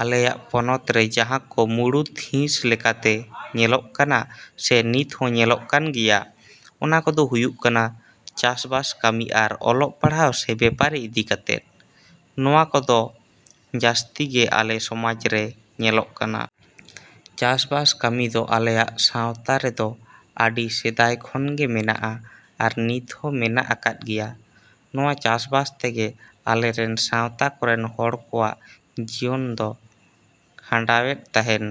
ᱟᱞᱮᱭᱟᱜ ᱯᱚᱱᱚᱛ ᱨᱮ ᱡᱟᱦᱟᱸ ᱠᱚ ᱢᱩᱬᱩᱛ ᱦᱤᱸᱥ ᱞᱮᱠᱟᱛᱮ ᱧᱮᱞᱚᱜ ᱠᱟᱱᱟ ᱥᱮ ᱱᱤᱛ ᱦᱚᱸ ᱧᱮᱞᱚᱜ ᱠᱟᱱ ᱜᱮᱭᱟ, ᱚᱱᱟ ᱠᱚᱫᱚ ᱦᱩᱭᱩᱜ ᱠᱟᱱᱟ ᱪᱟᱥᱵᱟᱥ ᱠᱟᱹᱢᱤ ᱟᱨ ᱚᱞᱚᱜ ᱯᱟᱲᱦᱟᱣ ᱥᱮ ᱵᱮᱯᱟᱨᱤ ᱤᱫᱤ ᱠᱟᱛᱮᱫ᱾ ᱱᱚᱣᱟ ᱠᱚᱫᱚ ᱡᱟᱹᱥᱛᱤ ᱜᱮ ᱟᱞᱮ ᱥᱚᱢᱟᱡᱽ ᱨᱮ ᱧᱮᱞᱚᱜ ᱠᱟᱱᱟ᱾ ᱪᱟᱥᱵᱟᱥ ᱠᱟᱹᱢᱤ ᱫᱚ ᱟᱞᱮᱭᱟᱜ ᱥᱟᱶᱛᱟ ᱨᱮᱫᱚ ᱟᱹᱰᱤ ᱥᱮᱫᱟᱭ ᱠᱷᱚᱱ ᱜᱮ ᱢᱮᱱᱟᱜᱼᱟ ᱟᱨ ᱱᱤᱛ ᱦᱚᱸ ᱢᱮᱱᱟᱜ ᱟᱠᱟᱫ ᱜᱮᱭᱟ᱾ ᱱᱚᱣᱟ ᱪᱟᱥᱵᱟᱥ ᱛᱮᱜᱮ ᱟᱞᱮᱨᱮᱱ ᱥᱟᱶᱛᱟ ᱠᱚᱨᱮᱱ ᱦᱚᱲ ᱠᱚᱣᱟᱜ ᱡᱤᱭᱚᱱ ᱫᱚ ᱠᱷᱟᱸᱰᱟᱣᱮᱫ ᱛᱟᱦᱮᱱ᱾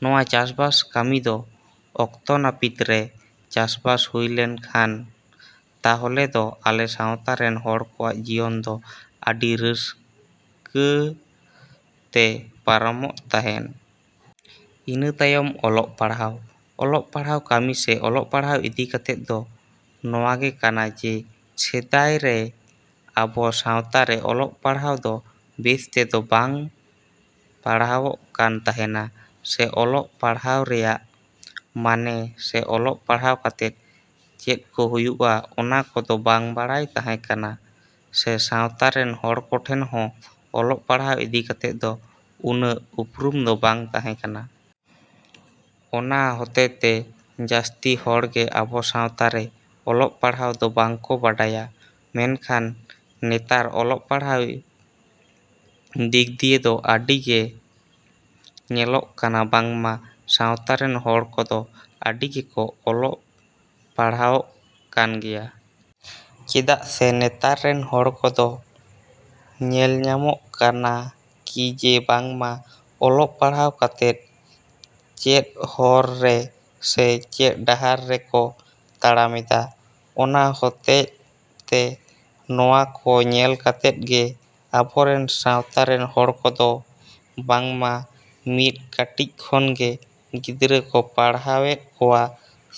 ᱱᱚᱣᱟ ᱪᱟᱥᱵᱟᱥ ᱠᱟᱹᱢᱤ ᱫᱚ ᱚᱠᱛᱚ ᱱᱟᱹᱯᱤᱛ ᱨᱮ ᱪᱟᱥᱵᱟᱥ ᱦᱩᱭ ᱞᱮᱱᱠᱷᱟᱱ ᱛᱟᱦᱚᱞᱮ ᱫᱚ ᱟᱞᱮ ᱥᱟᱶᱛᱟ ᱨᱮᱱ ᱦᱚᱲ ᱠᱚᱣᱟᱜ ᱡᱤᱭᱚᱱ ᱫᱚ ᱟᱹᱰᱤ ᱨᱟᱹᱥᱠᱟᱹᱣ ᱛᱮ ᱯᱟᱨᱚᱢᱚᱜ ᱛᱟᱦᱮᱱ᱾ ᱤᱱᱟᱹ ᱛᱟᱭᱚᱢ ᱚᱞᱚᱜ ᱯᱟᱲᱦᱟᱣ᱾ ᱚᱞᱚᱜ ᱯᱟᱲᱦᱟᱣ ᱠᱟᱹᱢᱤ ᱥᱮ ᱚᱞᱚᱜ ᱯᱟᱲᱦᱟᱣ ᱤᱫᱤ ᱠᱟᱛᱮᱫ ᱫᱚ ᱱᱚᱶᱟ ᱜᱮ ᱠᱟᱱᱟ ᱡᱮ ᱥᱮᱫᱟᱭ ᱨᱮ ᱟᱵᱚ ᱥᱟᱶᱛᱟ ᱨᱮ ᱚᱞᱚᱜ ᱯᱟᱲᱦᱟᱣ ᱫᱚ ᱵᱮᱥ ᱛᱮᱫᱚ ᱵᱟᱝ ᱠᱚ ᱯᱟᱲᱦᱟᱣᱚᱜ ᱠᱟᱱ ᱛᱟᱦᱮᱱᱟ ᱥᱮ ᱚᱞᱚᱜ ᱯᱟᱲᱦᱟᱣ ᱨᱮᱭᱟᱜ ᱢᱟᱱᱮ ᱥᱮ ᱚᱞᱚᱜ ᱯᱟᱲᱦᱟᱣ ᱠᱟᱛᱮᱫ ᱪᱮᱫ ᱠᱚ ᱦᱩᱭᱩᱜᱼᱟ ᱚᱱᱟ ᱠᱚᱫᱚ ᱵᱟᱝ ᱵᱟᱲᱟᱭ ᱛᱟᱦᱮᱸ ᱠᱟᱱᱟ ᱥᱮ ᱥᱟᱶᱛᱟ ᱨᱮᱱ ᱦᱚᱲ ᱠᱚᱴᱷᱮᱱ ᱦᱚᱸ ᱚᱞᱚᱜ ᱯᱟᱲᱦᱟᱣ ᱤᱫᱤ ᱠᱟᱛᱮᱫ ᱫᱚ ᱩᱱᱟᱹᱜ ᱩᱯᱨᱩᱢ ᱫᱚ ᱵᱟᱝ ᱛᱟᱦᱮᱸ ᱠᱟᱱᱟ᱾ ᱚᱱᱟ ᱦᱚᱛᱮᱛᱮ ᱡᱟᱹᱥᱛᱤ ᱦᱚᱲ ᱜᱮ ᱟᱵᱚ ᱥᱟᱶᱛᱟ ᱨᱮ ᱚᱞᱚᱜ ᱯᱟᱲᱦᱟᱣ ᱫᱚ ᱵᱟᱝ ᱠᱚ ᱵᱟᱰᱟᱭᱟ᱾ ᱢᱮᱱᱠᱷᱟᱱ ᱱᱮᱛᱟᱨ ᱚᱞᱚᱜ ᱯᱟᱲᱦᱟᱣ ᱫᱤᱠ ᱫᱤᱭᱮ ᱫᱚ ᱟᱹᱰᱤ ᱜᱮ ᱧᱮᱞᱚᱜ ᱠᱟᱱᱟ ᱵᱟᱝᱢᱟ ᱥᱟᱶᱛᱟ ᱨᱮᱱ ᱦᱚᱲ ᱠᱚᱫᱚ ᱟᱹᱰᱤ ᱜᱮᱠᱚ ᱚᱞᱚᱜ ᱯᱟᱲᱦᱟᱣᱚᱜ ᱠᱟᱱ ᱜᱮᱭᱟ᱾ ᱪᱮᱫᱟᱜ ᱥᱮ ᱱᱮᱛᱟᱨ ᱨᱮᱱ ᱦᱚᱲ ᱠᱚᱫᱚ ᱧᱮᱞ ᱧᱟᱢᱚᱜ ᱠᱟᱱᱟ ᱠᱤ ᱡᱮ ᱵᱟᱝᱢᱟ ᱚᱞᱚᱜ ᱯᱟᱲᱦᱟᱣ ᱠᱟᱛᱮᱜ ᱪᱮᱫ ᱦᱚᱨ ᱨᱮ ᱥᱮ ᱪᱮᱫ ᱰᱟᱦᱟᱨ ᱨᱮᱠᱚ ᱛᱟᱲᱟᱢ ᱮᱫᱟ᱾ ᱚᱱᱟ ᱦᱚᱛᱮᱜ ᱛᱮ ᱱᱚᱶᱟ ᱠᱚ ᱧᱮᱞ ᱠᱟᱛᱮ ᱜᱮ ᱟᱵᱚᱨᱮᱱ ᱥᱟᱶᱛᱟ ᱨᱮᱱ ᱦᱚᱲ ᱠᱚᱫᱚ ᱵᱟᱝᱢᱟ ᱢᱤᱫ ᱠᱟᱹᱴᱤᱡ ᱠᱷᱚᱱ ᱜᱮ ᱜᱤᱫᱽᱨᱟᱹ ᱠᱚ ᱯᱟᱲᱦᱟᱣ ᱮᱫ ᱠᱚᱣᱟ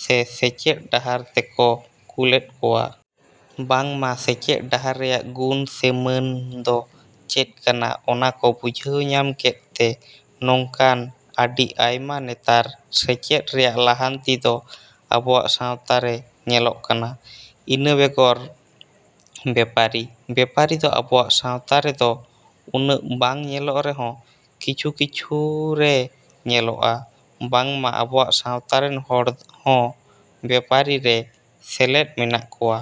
ᱥᱮ ᱥᱮᱪᱮᱫ ᱰᱟᱦᱟᱨ ᱨᱮᱠᱚ ᱠᱩᱞᱮᱫ ᱠᱚᱣᱟ᱾ ᱵᱟᱝᱢᱟ ᱥᱮᱪᱮᱫ ᱰᱟᱦᱟᱨ ᱨᱮᱭᱟᱜ ᱜᱩᱱ ᱥᱮ ᱢᱟᱱ ᱫᱚ ᱪᱮᱫ ᱠᱟᱱᱟ ᱚᱱᱟ ᱠᱚ ᱵᱩᱡᱷᱟᱹᱣ ᱧᱟᱢ ᱠᱮᱫ ᱛᱮ ᱱᱚᱝᱠᱟᱱ ᱟᱹᱰᱤ ᱟᱭᱢᱟ ᱱᱮᱛᱟᱨ ᱥᱮᱪᱮᱫ ᱨᱮᱭᱟᱜ ᱞᱟᱦᱟᱱᱛᱤ ᱫᱚ ᱟᱵᱚᱣᱟᱜ ᱥᱟᱶᱛᱟ ᱨᱮ ᱧᱮᱞᱚᱜ ᱠᱟᱱᱟ᱾ ᱤᱱᱟᱹ ᱵᱮᱜᱚᱨ ᱵᱮᱯᱟᱨᱤ᱾ ᱵᱮᱯᱟᱨᱤ ᱫᱚ ᱟᱵᱚᱣᱟᱜ ᱥᱟᱶᱛᱟ ᱨᱮᱫᱚ ᱩᱱᱟᱹᱜ ᱵᱟᱝ ᱧᱮᱞᱚᱜ ᱨᱮᱦᱚᱸ ᱠᱤᱪᱷᱩ ᱠᱤᱪᱷᱩ ᱨᱮ ᱧᱮᱞᱚᱜᱼᱟ ᱵᱟᱝᱢᱟ ᱟᱵᱚᱣᱟᱜ ᱥᱟᱶᱛᱟ ᱨᱮᱱ ᱦᱚᱲ ᱦᱚᱸ ᱵᱮᱯᱟᱨᱤ ᱨᱮ ᱥᱮᱞᱮᱫ ᱢᱮᱱᱟᱜ ᱠᱚᱣᱟ᱾